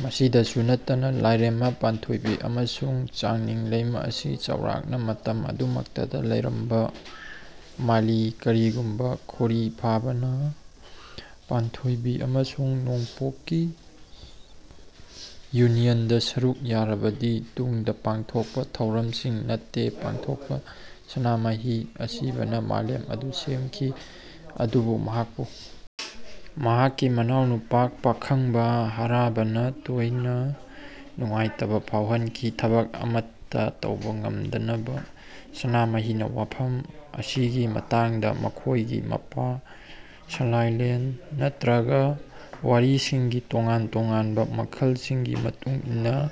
ꯃꯁꯤꯗꯁꯨ ꯅꯠꯇꯅ ꯂꯥꯏꯔꯦꯝꯃꯥ ꯄꯥꯟꯊꯣꯏꯕꯤ ꯑꯃꯁꯨꯡ ꯆꯥꯡꯅꯤꯡ ꯂꯩꯃꯥ ꯑꯁꯤ ꯆꯥꯎꯔꯥꯛꯅ ꯃꯇꯝ ꯑꯗꯨꯃꯛꯇꯗ ꯂꯩꯔꯝꯕ ꯃꯥꯜꯂꯤ ꯀꯔꯤꯒꯨꯝꯕ ꯈꯣꯔꯤꯐꯥꯕꯥꯅ ꯄꯥꯟꯊꯣꯏꯕꯤ ꯑꯃꯁꯨꯡ ꯅꯣꯡꯄꯣꯛꯀꯤ ꯌꯨꯅꯤꯌꯟꯗ ꯁꯔꯨꯛ ꯌꯥꯔꯕꯗꯤ ꯇꯨꯡꯗ ꯄꯥꯡꯊꯣꯛꯄ ꯊꯧꯔꯝꯁꯤꯡ ꯅꯠꯇꯦ ꯄꯥꯡꯊꯣꯛꯄ ꯁꯅꯥꯃꯍꯤ ꯑꯁꯤꯕꯥꯅ ꯃꯥꯂꯦꯝ ꯑꯗꯨ ꯁꯦꯝꯈꯤ꯫ ꯑꯗꯨꯕꯨ ꯃꯍꯥꯛꯄꯨ ꯃꯍꯥꯛꯀꯤ ꯃꯅꯥꯎꯅꯨꯄꯥ ꯄꯥꯈꯥꯡꯕꯥ ꯍꯔꯥꯕꯥꯅ ꯇꯣꯏꯅ ꯅꯨꯡꯉꯥꯏꯇꯕ ꯐꯥꯎꯍꯟꯈꯤ꯫ ꯊꯕꯛ ꯑꯃꯠꯇ ꯇꯧꯕ ꯉꯝꯗꯕꯅ ꯁꯅꯥꯃꯍꯤꯅ ꯋꯥꯐꯝ ꯑꯁꯤꯒꯤ ꯃꯇꯥꯡꯗ ꯃꯈꯣꯏꯒꯤ ꯃꯄꯥ ꯁꯥꯂꯥꯏꯂꯦꯟ ꯅꯠꯇ꯭ꯔꯒ ꯋꯥꯔꯤꯁꯤꯡꯒꯤ ꯇꯣꯉꯥꯟ ꯇꯣꯉꯥꯟꯕ ꯃꯈꯜꯁꯤꯡꯒꯤ ꯃꯇꯨꯡ ꯏꯟꯅ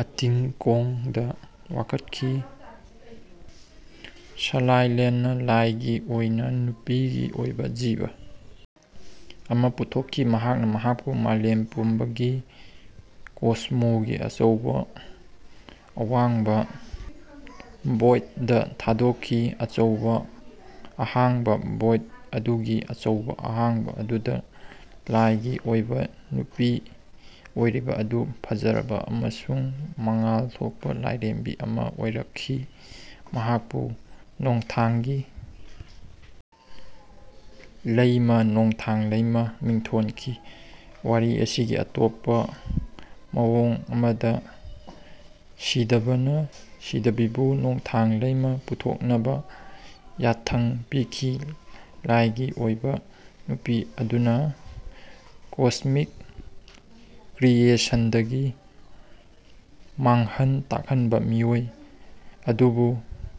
ꯑꯇꯤꯡꯀꯣꯡꯗ ꯋꯥꯀꯠꯈꯤ꯫ ꯁꯂꯥꯏꯂꯦꯟꯅ ꯂꯥꯏꯒꯤ ꯑꯣꯏꯕ ꯅꯨꯄꯤꯒꯤ ꯑꯣꯏꯕ ꯖꯤꯕ ꯑꯃ ꯄꯨꯊꯣꯛꯈꯤ꯫ ꯃꯍꯥꯛꯅ ꯃꯍꯥꯛꯄꯨ ꯃꯥꯂꯦꯝ ꯄꯨꯝꯕꯒꯤ ꯀꯣꯁꯃꯣꯒꯤ ꯑꯆꯧꯕ ꯑꯍꯥꯡꯕ ꯚꯣꯏꯗ ꯊꯥꯗꯣꯛꯈꯤ꯫ ꯑꯆꯧꯕ ꯑꯍꯥꯡꯕ ꯚꯣꯏꯗ ꯑꯗꯨꯒꯤ ꯑꯆꯧꯕ ꯑꯍꯥꯡꯕ ꯑꯗꯨꯗ ꯂꯥꯏꯒꯤ ꯑꯣꯏꯕ ꯅꯨꯄꯤ ꯑꯣꯏꯔꯤꯕ ꯑꯗꯨ ꯐꯖꯔꯕ ꯑꯃꯁꯨꯡ ꯃꯉꯥꯜ ꯊꯣꯛꯄ ꯂꯥꯏꯔꯦꯝꯕꯤ ꯑꯃ ꯑꯣꯏꯔꯛꯈꯤ꯫ ꯃꯍꯥꯛꯄꯨ ꯅꯣꯡꯊꯥꯡꯒꯤ ꯂꯩꯃ ꯅꯣꯡꯊꯥꯡ ꯂꯩꯃ ꯃꯤꯡꯊꯣꯟꯈꯤ꯫ ꯋꯥꯔꯤ ꯑꯁꯤꯒꯤ ꯑꯇꯣꯞꯄ ꯃꯑꯣꯡ ꯑꯃꯗ ꯁꯤꯗꯥꯕꯥꯅ ꯁꯤꯗꯥꯕꯤꯕꯨ ꯅꯣꯡꯊꯥꯡ ꯂꯩꯃꯥ ꯄꯨꯊꯣꯛꯅꯕ ꯌꯥꯊꯪ ꯄꯤꯈꯤ ꯂꯥꯏꯒꯤ ꯑꯣꯏꯕ ꯅꯨꯄꯤ ꯑꯗꯨꯅ ꯀꯣꯁꯃꯤꯛ ꯀ꯭ꯔꯤꯌꯦꯁꯟꯗꯒꯤ ꯃꯥꯡꯍꯟ ꯇꯥꯛꯍꯟꯕ ꯃꯤꯑꯣꯏ ꯑꯗꯨꯕꯨ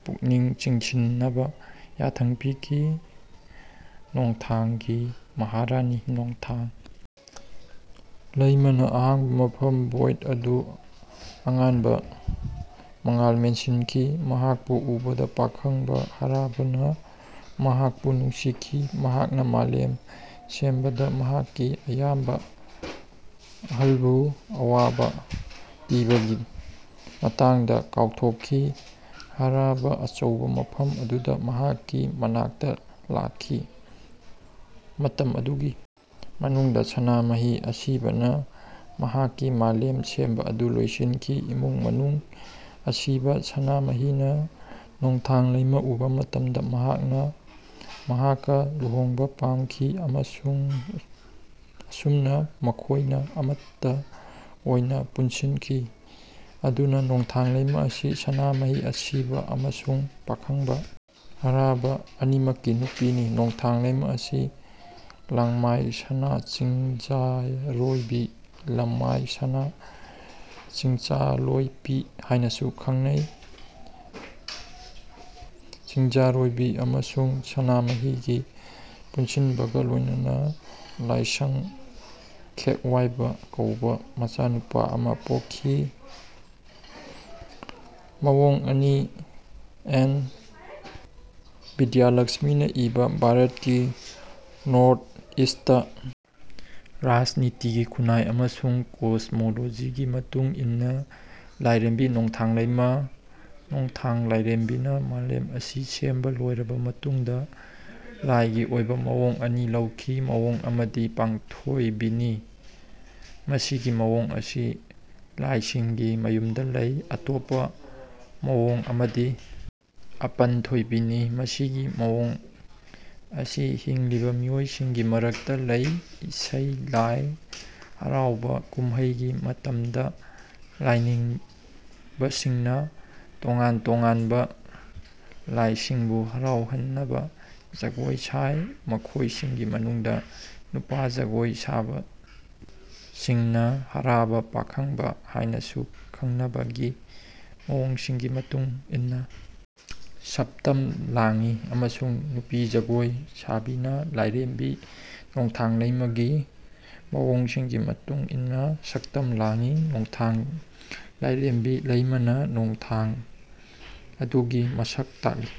ꯄꯨꯛꯅꯤꯡ ꯆꯤꯡꯁꯤꯟꯅꯕ ꯌꯥꯊꯪ ꯄꯤꯈꯤ꯫ ꯅꯣꯡꯊꯥꯡꯒꯤ ꯃꯍꯥꯔꯥꯅꯤ ꯅꯣꯡꯊꯥꯡ ꯂꯩꯃꯥꯅ ꯑꯍꯥꯡꯕ ꯃꯐꯝ ꯚꯣꯏꯗ ꯑꯗꯨ ꯑꯉꯥꯟꯕ ꯃꯉꯥꯜꯅ ꯃꯦꯟꯁꯤꯟꯈꯤ꯫ ꯃꯍꯥꯛꯄꯨ ꯎꯕꯗ ꯄꯥꯈꯥꯡꯕꯥ ꯍꯔꯥꯕꯥꯅ ꯃꯍꯥꯛꯄꯨ ꯅꯨꯡꯁꯤꯈꯤ꯫ ꯃꯍꯥꯛꯅ ꯃꯥꯂꯦꯝ ꯁꯦꯝꯕꯗ ꯃꯍꯥꯛꯀꯤ ꯑꯌꯥꯝꯕ ꯑꯍꯜꯕꯨ ꯑꯋꯥꯕ ꯄꯤꯕꯒꯤ ꯃꯇꯥꯡꯗ ꯀꯥꯎꯊꯣꯛꯈꯤ꯫ ꯍꯔꯥꯕꯥ ꯑꯆꯧꯕ ꯃꯐꯝ ꯑꯗꯨꯗ ꯃꯍꯥꯛꯀꯤ ꯃꯅꯥꯛꯇ ꯂꯥꯛꯈꯤ꯫ ꯃꯇꯝ ꯑꯗꯨꯒꯤ ꯃꯅꯨꯡꯗ ꯁꯅꯥꯃꯍꯤ ꯑꯁꯤꯕꯥꯅ ꯃꯍꯥꯛꯀꯤ ꯃꯥꯂꯦꯝ ꯁꯦꯝꯕ ꯑꯗꯨ ꯂꯣꯏꯁꯤꯟꯈꯤ꯫ ꯏꯃꯨꯡ ꯃꯅꯨꯡ ꯑꯁꯤꯕꯥ ꯁꯅꯥꯃꯍꯤꯅ ꯅꯣꯡꯊꯥꯡ ꯂꯩꯃꯥ ꯎꯕ ꯃꯇꯝꯗ ꯃꯍꯥꯛꯅ ꯃꯍꯥꯛꯀ ꯂꯨꯍꯣꯡꯕ ꯄꯥꯝꯈꯤ꯫ ꯑꯃꯁꯨꯡ ꯑꯁꯨꯝꯅ ꯃꯈꯣꯏꯅ ꯑꯃꯠꯇ ꯑꯣꯏꯅ ꯄꯨꯟꯁꯤꯟꯈꯤ꯫ ꯑꯗꯨꯅ ꯅꯣꯡꯊꯥꯡ ꯂꯩꯃꯥ ꯑꯁꯤ ꯁꯅꯥꯃꯍꯤ ꯑꯁꯤꯕꯥ ꯑꯃꯁꯨꯡ ꯄꯥꯈꯥꯡꯕꯥ ꯍꯔꯥꯕꯥ ꯑꯅꯤꯃꯛꯀꯤ ꯅꯨꯄꯤꯅꯤ꯫ ꯅꯣꯡꯊꯥꯡ ꯂꯩꯃꯥ ꯑꯁꯤ ꯂꯥꯡꯃꯥꯏ ꯁꯅꯥ ꯆꯤꯡꯖꯥꯑꯔꯣꯏꯕꯤ ꯂꯥꯡꯃꯥꯏ ꯁꯅꯥ ꯆꯤꯡꯆꯥꯂꯣꯏꯄꯤ ꯍꯥꯏꯅꯁꯨ ꯈꯪꯅꯩ꯫ ꯆꯤꯡꯖꯔꯣꯏꯕꯤ ꯑꯃꯁꯨꯡ ꯁꯅꯥꯃꯍꯤꯒꯤ ꯄꯨꯟꯁꯤꯟꯕꯒ ꯂꯣꯏꯅꯅ ꯂꯥꯏꯁꯪ ꯈꯦꯛꯋꯥꯏꯕꯥ ꯀꯧꯕ ꯃꯆꯥꯅꯨꯄꯥ ꯑꯃ ꯄꯣꯛꯈꯤ꯫ ꯃꯑꯣꯡ ꯑꯅꯤ ꯑꯦꯟ ꯕꯤꯗꯤꯌꯂꯛ꯭ꯁꯃꯤꯅ ꯏꯕ ꯚꯥꯔꯠꯀꯤ ꯅꯣꯔꯊ ꯏꯁꯠꯇ ꯔꯥꯖꯅꯤꯇꯤ ꯈꯨꯟꯅꯥꯏ ꯑꯃꯁꯨꯡ ꯀꯣꯁꯃꯣꯂꯣꯖꯤꯒꯤ ꯃꯇꯨꯡ ꯏꯟꯅ ꯂꯥꯏꯔꯦꯝꯕꯤ ꯅꯣꯡꯊꯥꯡ ꯂꯩꯃꯥ ꯅꯣꯡꯊꯥꯡ ꯂꯥꯏꯔꯦꯝꯕꯤꯅ ꯃꯥꯂꯦꯝ ꯑꯁꯤ ꯁꯦꯝꯕ ꯂꯣꯏꯔꯕ ꯃꯇꯨꯡꯗ ꯂꯥꯏꯒꯤ ꯑꯣꯏꯕ ꯃꯑꯣꯡ ꯑꯅꯤ ꯂꯧꯈꯤ꯫ ꯃꯑꯣꯡ ꯑꯃꯗꯤ ꯄꯥꯡꯊꯣꯏꯕꯤꯅꯤ꯫ ꯃꯁꯤꯒꯤ ꯃꯑꯣꯡ ꯑꯁꯤ ꯂꯥꯏꯁꯤꯡꯒꯤ ꯃꯌꯨꯝꯗ ꯂꯩ꯫ ꯑꯇꯣꯞꯄ ꯃꯑꯣꯡ ꯑꯃꯗꯤ ꯑꯄꯟꯊꯣꯏꯕꯤꯅꯤ꯫ ꯃꯁꯤꯒꯤ ꯃꯑꯣꯡ ꯑꯁꯤ ꯍꯤꯡꯂꯤꯕ ꯃꯤꯑꯣꯏꯁꯤꯡꯒꯤ ꯃꯔꯛꯇ ꯂꯩ꯫ ꯏꯁꯩ ꯂꯥꯏ ꯍꯔꯥꯎꯕꯥ ꯀꯨꯝꯍꯩꯒꯤ ꯃꯇꯝꯗ ꯂꯥꯏꯅꯤꯡꯕꯁꯤꯡꯅ ꯇꯣꯉꯥꯟ ꯇꯣꯉꯥꯟꯕ ꯂꯥꯏꯁꯤꯡꯕꯨ ꯍꯔꯥꯎꯍꯟꯅꯕ ꯖꯒꯣꯏ ꯁꯥꯏ꯫ ꯃꯈꯣꯏꯁꯤꯡꯒꯤ ꯃꯅꯨꯡꯗ ꯅꯨꯄꯥ ꯖꯒꯣꯏ ꯁꯥꯕꯁꯤꯡꯅ ꯍꯔꯥꯕꯥ ꯄꯥꯈꯥꯡꯕꯥ ꯍꯥꯏꯅꯁꯨ ꯈꯪꯅꯕ ꯒꯤ ꯃꯑꯣꯡꯁꯤꯡꯒꯤ ꯃꯇꯨꯡ ꯏꯟꯅ ꯁꯛꯇꯝ ꯂꯥꯡꯏ ꯑꯃꯁꯨꯡ ꯅꯨꯄꯤ ꯖꯒꯣꯏ ꯁꯥꯕꯤꯅ ꯂꯥꯏꯔꯦꯝꯕꯤ ꯅꯣꯡꯊꯥꯡ ꯂꯩꯃꯥꯒꯤ ꯃꯑꯣꯡꯁꯤꯡꯒꯤ ꯃꯇꯨꯡ ꯏꯟꯅ ꯁꯛꯇꯝ ꯂꯥꯡꯏ꯫ ꯅꯣꯡꯊꯥꯡ ꯂꯥꯏꯔꯦꯝꯕꯤ ꯂꯩꯃꯥꯅ ꯅꯣꯡꯊꯥꯡ ꯑꯗꯨꯒꯤ ꯃꯁꯛ ꯇꯥꯛꯂꯤ꯫